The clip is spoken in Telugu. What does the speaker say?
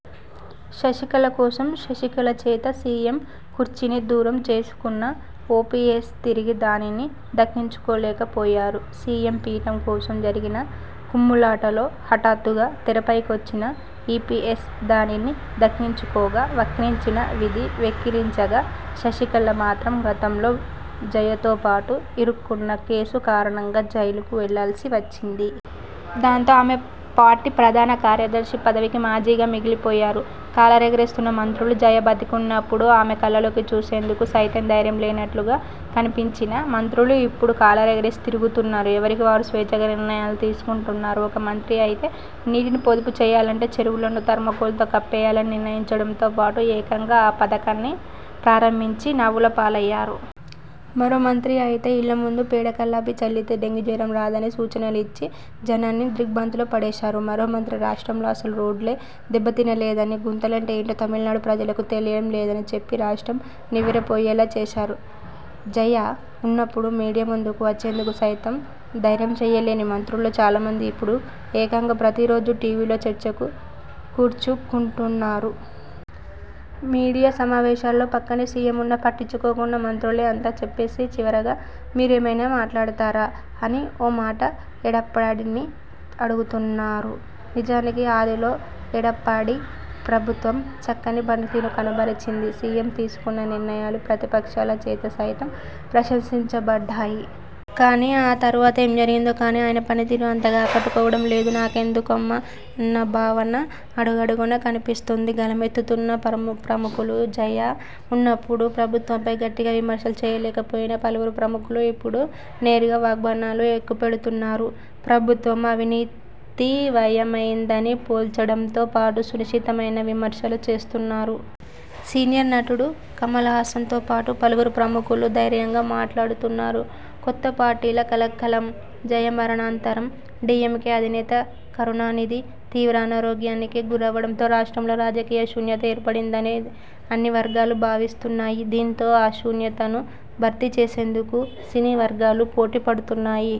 శశికళ కోసం, శశికళ చేత సీఎం కుర్చీని దూరం చేసుకున్న ఓపీఎస్ తిరిగి దానిని దక్కించుకోలేకపోయారు. సీఎం పీఠం కోసం జరిగిన కుమ్ములాటలో హఠాత్తుగా తెరపైకొచ్చిన ఈపీఎస్ దానిని దక్కించుకోగా, వక్రించిన విధి వెక్కిరించగా శశికళ మాత్రం గతంలో జయతో పాటు ఇరుక్కున కేసు కారణంగా జైలుకు వెళ్లాల్సి వచ్చింది. దాంతో ఆమె పార్టీ ప్రధాన కార్యదర్శి పదవికీ మాజీగా మిగిలిపోయారు. కాలరెగరేస్తున్న మంత్రులు జయ బతికివున్నప్పుడు ఆమె కళ్లలోకి చూసేందుకు సైతం ధైర్యం లేనట్టుగా కనిపించిన మంత్రులు ఇప్పుడు కాలరెగరేసి తిరుగుతున్నారు. ఎవరికి వారు స్వేచ్ఛగా నిర్ణయాలు తీసుకుంటు న్నారు. ఒక మంత్రి అయితే నీటిని పొదుపు చేయాలంటే చెరువులను థర్మాకోల్తో కప్పేయాలని నిర్ణయించడంతో పాటు ఏకంగా ఆ పథకాన్ని ప్రారంభించి నవ్వుల పాలయ్యారు. మరో మంత్రి అయితే ఇళ్లముందు పేడ కళ్లాపి చల్లితే డెంగ్యూ జ్వరం రాదని సూచనలు ఇచ్చి జనాల్ని దిగ్ర్భాంతిలో పడేశారు. మరో మంత్రి రాష్ట్రంలో అసలు రోడ్లే దెబ్బతినలేదని, గుంతలంటే ఏంటో తమిళనాడు ప్రజలకు తెలియడం లేదని చెప్పి రాష్ట్రం నివ్వెరపోయేలా చేశారు. జయ వున్నప్పుడు మీడియా ముందుకు వచ్చేందుకు సైతం ధైర్యం చేయలేని మంత్రుల్లో చాలామంది ఇప్పుడు ఏకంగా ప్రతిరోజూ టీవీల్లో చర్చకు కూర్చుకుంటున్నారు. మీడియా సమా వేశాల్లో పక్కనే సీఎం వున్నా పట్టించుకోకుండా మంత్రులే అంతా చెప్పేసి చివరగా 'మీరేమైనా మాట్లాడతారా? ' అని ఓ మాట ఎడప్పాడిని అడుగుతున్నారు. నిజానికి ఆదిలో ఎడప్పాడి ప్రభుత్వం చక్కని పనితీరు కనబరచింది. సీఎం తీసుకున్న నిర్ణయాలు ప్రతిపక్షాల చేత సైతం ప్రశంసించబడ్డాయి. కానీ ఆ తరువాత ఏం జరిగిందో కానీ ఆయన పనితీరూ అంతగా ఆకట్టుకోవడం లేదు. నాకెందులెమ్మన్న భావన అడుగడుగునా కనిపిస్తోంది. గళమెత్తుతున్న ప్రముఖులుజయ వున్నప్పుడు ప్రభుత్వంపై గట్టిగా విమర్శలు చేయలేకపోయిన పలువురు ప్రముఖులు ఇప్పుడు నేరుగా వాగ్బాణాలు ఎక్కుపెడుతున్నారు. ప్రభుత్వం అవినీతివయమైందని పోల్చడంతో పాటు సునిశితమైన విమర్శలు చేస్తున్నారు. సీనియర్ నటుడు కమలహాసన్తో పాటు పలువురు ప్రముఖులు ధైర్యంగా మాట్లాడుతున్నారు. కొత్త పార్టీల కలకలం! జయ మరణానంతరం, డీఎంకే అధినేత కరుణానిధి తీవ్ర అనారోగ్యానికి గురవ్వడంతో రాష్ట్రంలో రాజకీయ శూన్యత ఏర్పడిందని అన్ని వర్గాలు భావిస్తున్నాయి. దీంతో ఆ శూన్యతను భర్తీ చేసేందుకు సినీవర్గాలు పోటీపడుతున్నాయి.